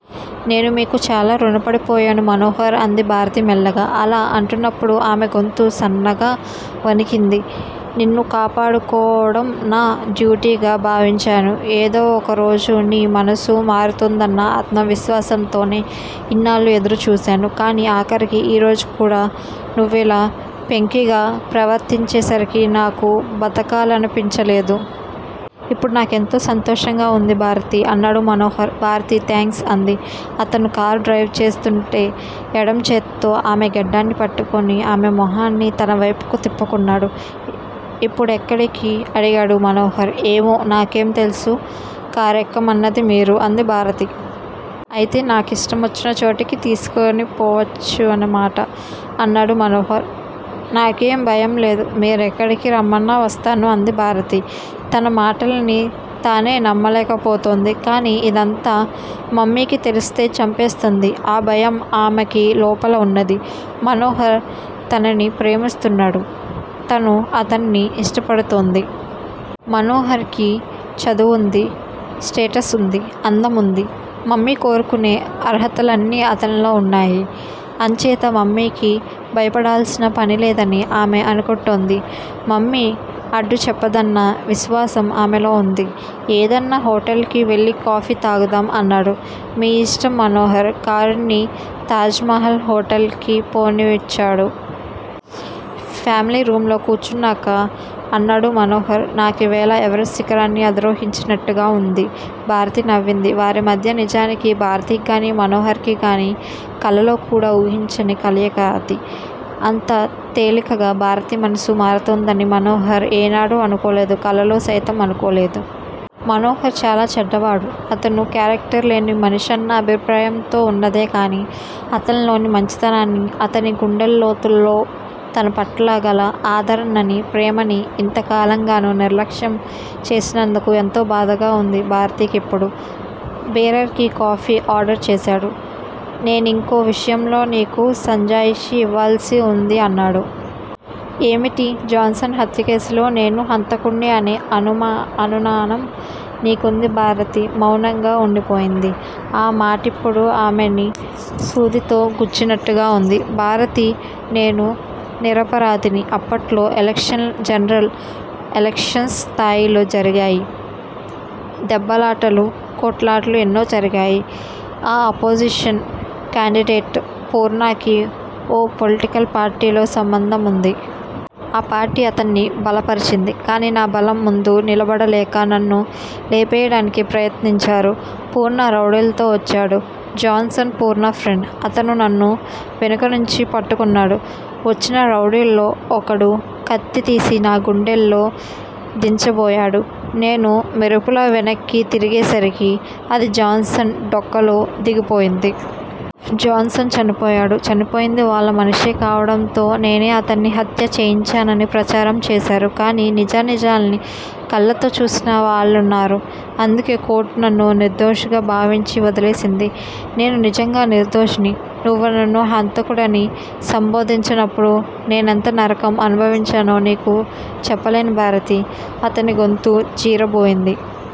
నేను మీకు చాలా రుణపడిపోయాను మనోహర్ అంది భారతి మెల్లగా. అలా అంటున్నప్పుడు ఆమె గొంతు సన్నగా వణికింది. నిన్ను కాపాడుకోవడం నా డ్యూటీగా భావించాను. ఏదో ఒకరోజు నీ మనసు మారుతుందన్న ఆత్మవిశ్వాసంతోనే ఇన్నాళ్ళూ ఎదురుచూశాను కానీ ఆఖరికి ఈరోజు కూడా నువ్విలా పెంకిగా ప్రవర్తించేసరికి నాకు బతకాలనిపించలేదు. ఇప్పుడు నాకెంతో సంతోషంగా ఉంది భారతీ! అన్నాడు మనోహర్. భారతి థాంక్స్ అంది. అతను కారు డ్రైవ్ చేస్తూంటే ఎడం చేత్తో ఆమె గెడ్డాన్ని పట్టుకుని ఆమె మొహాన్ని తనవేపుకు తిప్పుకున్నాడు. ఇప్పుడెక్కడికి! అడిగాడు మనోహర్. ఏమో! నాకేం తెలుసు! కారెక్కమన్నది మీరు! అంది భారతి. అయితే నా ఇష్టమొచ్చినచోటుకి తీసుకొనిపోవచ్చునన్నమాట? అన్నాడు మనోహర్. నాకేం భయంలేదు. మీరెక్కడికి రమ్మన్నా వస్తాను అంది. భారతి తన మాటలని తానే నమ్మలేకపోతోంది. కానీ ఇదంతా మమ్మీకి తెలిస్తే చంపేస్తుంది. ఆ భయం ఆమెకి లోపల ఉన్నది. మనోహర్ తనని ప్రేమిస్తున్నాడు. తనూ అతన్ని ఇష్టపడుతోంది. మనోహర్ కి చదువుంది. స్టేటస్ వుంది. అందం వుంది. మమ్మీ కోరుకునే అర్హతలన్నీ అతనిలో ఉన్నాయి. అంచేత మమ్మీకి భయపడవలసిన పనిలేదని ఆమె అనుకుంటోంది. మమ్మీ అడ్డు చెప్పదన్న విశ్వాసం ఆమెలో వుంది. ఏదన్నా హోటల్ కి వెళ్ళి కాఫీ తాగుదాం అన్నాడు. మీ ఇష్టం మనోహర్ కారుని తాజ్ మహల్ హోటల్ కి పోనిచ్చాడు. ఫామిలీ రూంలో కూర్చున్నాక అన్నాడు మనోహర్. నాకీవేళ ఎవరెస్టు శిఖరాన్ని అధిరోహించినట్టుగా వుంది భారతి నవ్వింది. వారిమధ్య నిజానికి భారతికిగానీ, మనోహర్ కిగానీ కలలో కూడా వూహించని కలయిక అది. అంత తేలికగా భారతి మనసు మారుతుందని మనోహర్ ఏనాడూ అనుకోలేదు. కలలో సైతం అనుకోలేదు. మనోహర్ చాలా చెడ్డవాడు. అతను కేరక్టర్ లేని మనిషన్న అభిప్రాయంతో వున్నదే కానీ అతనిలోని మంచితనాన్ని, అతని గుండెలోతుల్లో తనపట్ల గల ఆధరననీ, ప్రేమనీ ఇంత కాలంగానూ నిర్లక్ష్యం చేసినందుకు ఎంతో బాధగా వుంది భారతికిప్పుడు. బేరర్ కి కాఫీ ఆర్డర్ చేశాడు. నేనింకో విషయంలో నీకు సంజాయిషీ ఇవ్వాల్సి వుంది అన్నాడు. ఏమిటీ! జాన్సన్ హత్యకేసులో నేనే హంతకుడ్ని అనే అనునానం నీకుంది భారతి మౌనంగా వుండిపోయింది. ఆ మాటిప్పుడు ఆమెని సూదితో గుచ్చినట్టుగా వుంది. భారతి నేను నిరపరాధిని. అప్పట్లో ఎలక్షన్స్ జనరల్ ఎలక్షన్స్ స్థాయిలో జరిగాయి. దెబ్బలాటలు, కొట్లాటలు ఎన్నో జరిగాయి. నా అపోజిషన్ కాండిడేట్ పూర్ణాకి ఓ పొలిటికల్ పార్టీలో సంబంధం ఉంది. ఆ పార్టీ అతన్ని బలపరిచింది. కానీ నా బలం ముందు నిలబడలేక నన్ను లేపేయడానికి ప్రయత్నించారు. పూర్ణ రౌడీలతో వచ్చాడు. Johnson Purna friend. అతను నన్ను వెనుకనుంచి పట్టుకున్నాడు. వచ్చిన రౌడీల్లో ఒకడు కత్తి తీసి నా గుండెల్లో దించబోయాడు. నేను మెరుపులా వెనక్కి తిరిగేసరికి అది జాన్సన్ డొక్కలో దిగిపోయింది. జాన్సన్ చనిపోయాడు. చనిపోయింది వాళ్ళ మనిషే కావడంతో నేనే అతన్ని హత్య చేయించానని ప్రచారం చేశారు. కానీ నిజానిజాలని కళ్ళతో చూసిన వాళ్ళున్నారు అందుకే కోర్టు నన్ను నిర్దోషిగా భావించి వదిలేసింది. నేను నిజంగా నిర్దోషిని. నువ్వు నన్ను హంతకుడని సంబోధించినప్పుడు నేనెంత నరకం అనుభవించానో నీకు చెప్పలేను భారతీ, అతని గొంతు జీరబోయింది.